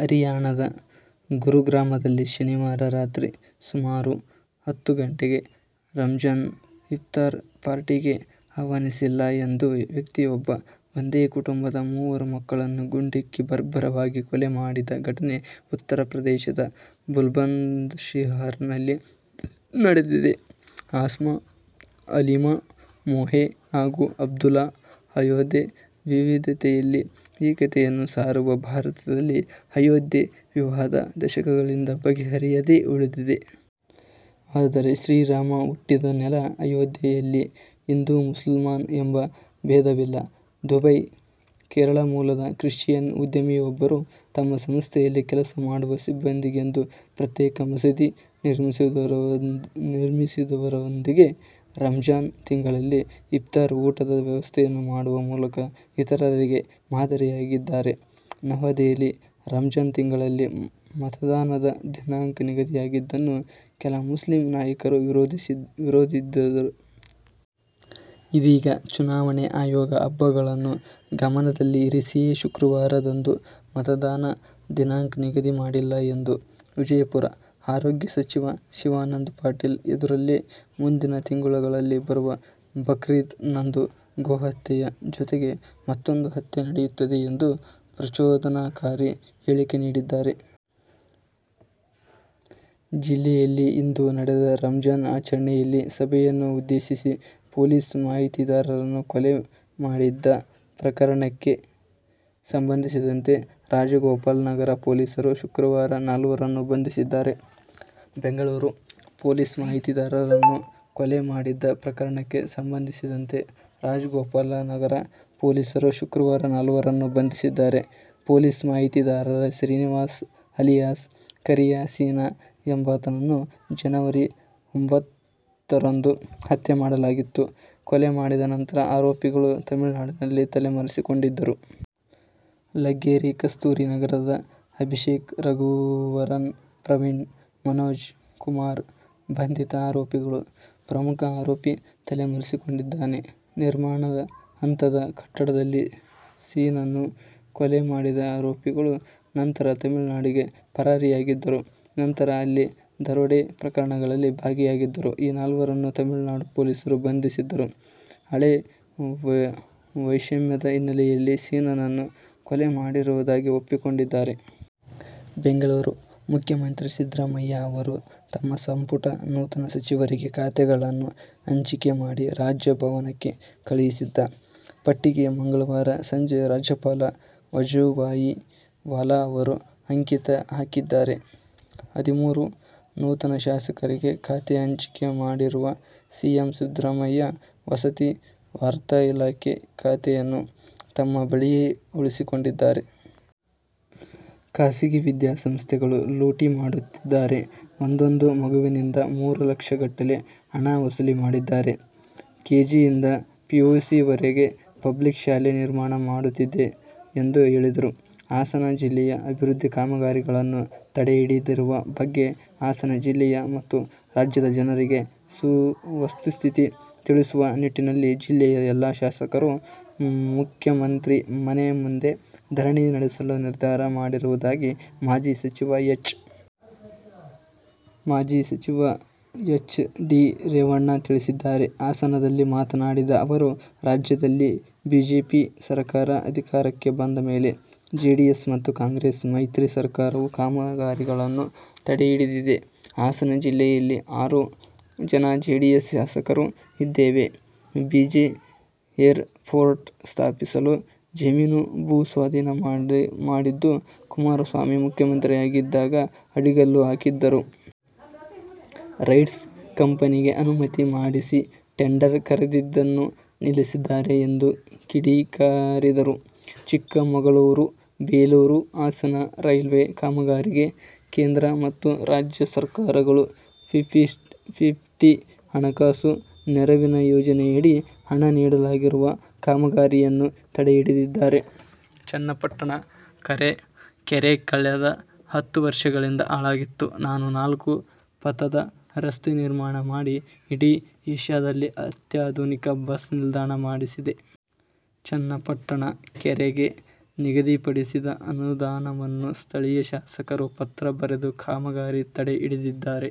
ಹರಿಯಾಣದ ಗುರುಗ್ರಾಮದಲ್ಲಿ ಶನಿವಾರ ರಾತ್ರಿ ಸುಮಾರು ಹತ್ತು ಗಂಟೆಗೆ ರಂಜಾನ್ನ ಇಫ್ತಾರ್ ಪಾರ್ಟಿಗೆ ಆಹ್ವಾನಿಸಿಲ್ಲ ಎಂದು ವ್ಯಕ್ತಿಯೊಬ್ಬ ಒಂದೇ ಕುಟುಂಬದ ಮೂವರು ಮಕ್ಕಳನ್ನು ಗುಂಡಿಕ್ಕಿ ಬರ್ಬರವಾಗಿ ಕೊಲೆ ಮಾಡಿದ ಘಟನೆ ಉತ್ತರ ಪ್ರದೇಶದ ಬುಲಂದ್ಶಹರ್ ನಲ್ಲಿ ನಡೆದಿದೆ. ಆಸ್ಮಾ, ಅಲೀಮಾ ಮೋಹೆ ಹಾಗೂ ಅಬ್ದುಲ್ಲಾ ಅಯೋಧ್ಯೆ: ವಿವಿಧತೆಯಲ್ಲಿ ಏಕತೆಯನ್ನು ಸಾರುವ ಭಾರತದಲ್ಲಿ ಅಯೋಧ್ಯೆ ವಿವಾದ ದಶಕಗಳಿಂದ ಬಗೆಹರಿಯದೆ ಉಳಿದಿದೆ. ಆದರೆ ಶ್ರೀರಾಮ ಹುಟ್ಟಿದ ನೆಲ ಅಯೋಧ್ಯೆಯಲ್ಲಿ ಹಿಂದೂ-ಮುಸಲ್ಮಾನ್ ಎಂಬ ಭೇದವಿಲ್ಲ. ದುಬೈ: ಕೇರಳ ಮೂಲದ ಕ್ರಿಶ್ಚಿಯನ್ ಉದ್ಯಮಿಯೊಬ್ಬರು ತಮ್ಮ ಸಂಸ್ಥೆಯಲ್ಲಿ ಕೆಲಸ ಮಾಡುವ ಸಿಬ್ಬಂದಿಗೆಂದು ಪ್ರತ್ಯೇಕ ಮಸೀದಿ ನಿರ್ಮಿಸುವುದರೊಂದಿಗೆ ರಂಜಾನ್ ತಿಂಗಳಲ್ಲಿ ಇಫ್ತಾರ್ ಊಟದ ವ್ಯವಸ್ಥೆಯನ್ನು ಮಾಡುವ ಮೂಲಕ ಇತರರಿಗೆ ಮಾದರಿಯಾಗಿದ್ದಾರೆ. ನವದೆಹಲಿ: ರಂಜಾನ್ ತಿಂಗಳಲ್ಲಿ ಮತದಾನದ ದಿನಾಂಕ ನಿಗದಿಯಾಗಿದ್ದನ್ನು ಕೆಲ ಮುಸ್ಲಿಂ ನಾಯಕರು ವಿರೋಧಿದ್ದರು. ಇದೀಗ ಚುನಾವಣೆ ಆಯೋಗ ಹಬ್ಬಗಳನ್ನು ಗಮನದಲ್ಲಿ ಇರಿಸಿಯೇ ಶುಕ್ರವಾರದಂದು ಮತದಾನ ದಿನಾಂಕ ನಿಗದಿ ಮಾಡಿಲ್ಲ ಎಂದು. ವಿಜಯಪುರ: ಆರೋಗ್ಯ ಸಚಿವ ಶಿವಾನಂದ ಪಾಟಿಲ್ ಎದುರಲ್ಲೇ ಮುಂದಿನ ತಿಂಗಳುಗಳಲ್ಲಿ ಬರುವ ಬಕ್ರೀದ್ ನಂದು ಗೋ ಹತ್ಯೆಯ ಜೊತೆಗೆ ಮತ್ತೊಂದು ಹತ್ಯೆ ನಡೆಯುತ್ತದೆ ಎಂದು ಪ್ರಚೋದನಾಕಾರಿ ಹೇಳಿಕೆ ನೀಡಿದ್ದಾರೆ. ಜಿಲ್ಲೆಯಲ್ಲಿ ಇಂದು ನಡೆದ ರಂಜಾನ್ ಆಚರಣೆಯಲ್ಲಿ ಸಭೆಯನ್ನು ಉದ್ದೇಶಿಸಿ ಪೊಲೀಸ್ ಮಾಹಿತಿದಾರನನ್ನು ಕೊಲೆ ಮಾಡಿದ್ದ ಪ್ರಕರಣಕ್ಕೆ ಸಂಬಂಧಿಸಿದಂತೆ ರಾಜಗೋಪಾಲನಗರ ಪೊಲೀಸರು ಶುಕ್ರವಾರ ನಾಲ್ವರನ್ನು ಬಂಧಿಸಿದ್ದಾರೆ. ಬೆಂಗಳೂರು: ಪೊಲೀಸ್ ಮಾಹಿತಿದಾರನನ್ನು ಕೊಲೆ ಮಾಡಿದ್ದ ಪ್ರಕರಣಕ್ಕೆ ಸಂಬಂಧಿಸಿದಂತೆ ರಾಜಗೋಪಾಲನಗರ ಪೊಲೀಸರು ಶುಕ್ರವಾರ ನಾಲ್ವರನ್ನು ಬಂಧಿಸಿದ್ದಾರೆ. ಪೊಲೀಸ್ ಮಾಹಿತಿದಾರ ಶ್ರೀನಿವಾಸ್ ಅಲಿಯಾಸ್ ಕರಿಯ ಸೀನ ಎಂಬಾತನನ್ನು ಜನವರಿ ಒಂಭತ್ತರಂದು ಹತ್ಯೆ ಮಾಡಲಾಗಿತ್ತು, ಕೊಲೆ ಮಾಡಿದ ನಂತರ ಆರೋಪಿಗಳು ತಮಿಳುನಾಡಿನಲ್ಲಿ ತಲೆ ಮರೆಸಿಕೊಂಡಿದ್ದರು. ಲಗ್ಗೆರೆ ಕಸ್ತೂರಿ ನಗರದ ಅಭಿಷೇಕ್, ರಘುವರನ್, ಪ್ರವೀಣ್, ಮನೋಜ್ ಕುಮಾರ್ ಬಂಧಿತ ಆರೋಪಿಗಳು, ಪ್ರಮುಖ ಆರೋಪಿ ತಲೆ ಮರೆಸಿಕೊಂಡಿದ್ದಾನೆ. ನಿರ್ಮಾಣ ಹಂತದ ಕಟ್ಟಡದಲ್ಲಿ ಸೀನನನ್ನು ಕೊಲೆ ಮಾಡಿದ ಆರೋಪಿಗಳು ನಂತರ ತಮಿಳುನಾಡಿಗೆ ಪರಾರಿಯಾಗಿದ್ದರು. ನಂತರ ಅಲ್ಲಿ ದರೋಡೆ ಪ್ರಕರಣಗಳಲ್ಲಿ ಭಾಗಿಯಾಗಿದ್ದರು. ಈ ನಾಲ್ವರನ್ನು ತಮಿಳುನಾಡು ಪೊಲೀಸರು ಬಂಧಿಸಿದ್ದರು, ಹಳೇ ವೈಷಮ್ಯದ ಹಿನ್ನೆಲೆಯಲ್ಲಿ ಸೀನನನ್ನು ಕೊಲೆ ಮಾಡಿರುವುದಾಗಿ ತಪ್ಪೊಪ್ಪಿಕೊಂಡಿದ್ದಾರೆ. ಬೆಂಗಳೂರು: ಮುಖ್ಯಮಂತ್ರಿ ಸಿದ್ದರಾಮಯ್ಯ ಅವರು ತಮ್ಮ ಸಂಪುಟ ನೂತನ ಸಚಿವರಿಗೆ ಖಾತೆಗಳನ್ನು ಹಂಚಿಕೆ ಮಾಡಿ ರಾಜಭವನಕ್ಕೆ ಕಳುಹಿಸಿದ್ದ ಪಟ್ಟಿಗೆ ಮಂಗಳವಾರ ಸಂಜೆ ರಾಜ್ಯಪಾಲ ವಜುಭಾಯಿ ವಾಲಾ ಅವರು ಅಂಕಿತ ಹಾಕಿದ್ದಾರೆ. ಹದಿಮೂರು ನೂತನ ಶಾಸಕರಿಗೆ ಖಾತೆ ಹಂಚಿಕೆ ಮಾಡಿರುವ ಸಿಎಂ ಸಿದ್ದರಾಮಯ್ಯ ವಸತಿ, ವಾರ್ತಾ ಇಲಾಖೆ ಖಾತೆಯನ್ನು ತಮ್ಮ ಬಳಿಯೇ ಉಳಿಸಿಕೊಂಡಿದ್ದಾರೆ. ಖಾಸಗಿ ವಿದ್ಯಾಸಂಸ್ಥೆಗಳು ಲೂಟಿ ಮಾಡುತ್ತಿದ್ದಾರೆ. ಒಂದೊಂದು ಮಗುವಿನಿಂದ ಮೂರು ಲಕ್ಷ ಗಟ್ಟಲೆ ಹಣ ವಸೂಲಿ ಮಾಡಿದ್ದಾರೆ. ಕೆ. ಜಿ ಯಿಂದ ಪಿ. ಯು. ಸಿ ವರೆಗೆ ಪ್ಲಬಿಕ್ ಶಾಲೆ ನಿರ್ಮಾಣ ಮಾಡುತ್ತಿದ್ದೆ ಎಂದು ಹೇಳಿದರು. ಹಾಸನ; ಜಿಲ್ಲೆಯ ಅಭಿವೃದ್ಧಿ ಕಾಮಗಾರಿಗಳನ್ನು ತಡೆ ಹಿಡಿದಿರುವ ಬಗ್ಗೆ ಹಾಸನ ಜಿಲ್ಲೆಯ ಮತ್ತು ರಾಜ್ಯದ ಜನರಿಗೆ ವಸ್ತುಸ್ಥಿತಿ ತಿಳಿಸುವ ನಿಟ್ಟಿನಲ್ಲಿ ಜಿಲ್ಲೆಯ ಎಲ್ಲಾ ಶಾಸಕರು ಮುಖ್ಯಮಂತ್ರಿ ಮನೆ ಮುಂದೆ ದರಣಿ ನಡೆಸಲು ನಿರ್ಧಾರ ಮಾಡಿರುವುದಾಗಿ ಮಾಜಿ ಸಚಿವ ಹೆಚ್. ಡಿ. ರೇವಣ್ಣ ತಿಳಿಸಿದ್ದಾರೆ. ಹಾಸನದಲ್ಲಿ ಮಾತನಾಡಿದ ಅವರು, ರಾಜ್ಯದಲ್ಲಿ ಬಿಜೆಪಿ ಸರಕಾರ ಅಧಿಕಾರಕ್ಕೆ ಬಂದ ಮೇಲೆ ಜೆಡಿಎಸ್ ಮತ್ತು ಕಾಂಗ್ರೆಸ್ ಮೈತ್ರಿ ಸರ್ಕಾರವು ಕಾಮಗಾರಿಗಳನ್ನು ತಡೆಹಿಡಿದಿದೆ. ಹಾಸನ ಜಿಲ್ಲೆಯಲ್ಲಿ ಆರು ಜನ ಜೆಡಿಎಸ್ ಶಾಸಕರು ಇದ್ದೇವೆ. ಬಿ. ಜೆ. ಏರ್ ಪೋರ್ಟ್ ಸ್ಥಾಪಿಸಲು ಜಮೀನು ಭೂ ಸ್ವಾಧೀನ ಮಾಡಿದ್ದು, ಕುಮಾರಸ್ವಾಮಿ ಮುಖ್ಯಮಂತ್ರಿಯಾಗಿದ್ದಾಗ ಅಡಿಗಲ್ಲು ಹಾಕಿದ್ದರು. ರೈಟ್ಸ್ ಕಂಪನಿಗೆ ಅನುಮತಿ ಮಾಡಿಸಿ ಟೆಂಡರ್ ಕರೆದಿದ್ದನ್ನು ನಿಲ್ಲಿಸಿದ್ದಾರೆ ಎಂದು ಕಿಡಿಕಾರಿದರು. ಚಿಕ್ಕಮಗಳೂರು-ಬೇಲೂರು-ಹಾಸನ ರೈಲ್ವೆ ಕಾಮಗಾರಿಗೆ ಕೇಂದ್ರ ಮತ್ತು ರಾಜ್ಯ ಸರ್ಕಾರಗಳು ಫಿಫ್ಟಿ:ಫಿಫ್ಟಿ ಹಣಕಾಸು ನೆರವಿನ ಯೋಜನೆಯಡಿ ಹಣ ನೀಡಲಾಗಿರುವ ಕಾಮಗಾರಿಯನ್ನು ತಡೆಹಿಡಿದಿದ್ದಾರೆ. ಚನ್ನಪಟ್ಟಣ ಕೆರೆ ಕಳೆದ ಹತ್ತು ವರ್ಷಗಳಿಂದ ಹಾಳಾಗಿತ್ತು. ನಾನು ನಾಲ್ಕು ಪಥದ ರಸ್ತೆ ನಿರ್ಮಾಣ ಮಾಡಿ, ಇಡೀ ಎಷ್ಯಾದಲ್ಲೇ ಅತ್ಯಾಧುನಿಕ ಬಸ್ ನಿಲ್ದಾಣ ಮಾಡಿಸಿದೆ. ಚನ್ನಪಟ್ಟಣ ಕೆರೆಗೆ ನಿಗದಿಪಡಿಸಿದ ಅನುದಾನವನ್ನು ಸ್ಥಳೀಯ ಶಾಸಕರು ಪತ್ರ ಬರೆದು ಕಾಮಗಾರಿ ತಡೆ ಹಿಡಿದಿದ್ದಾರೆ.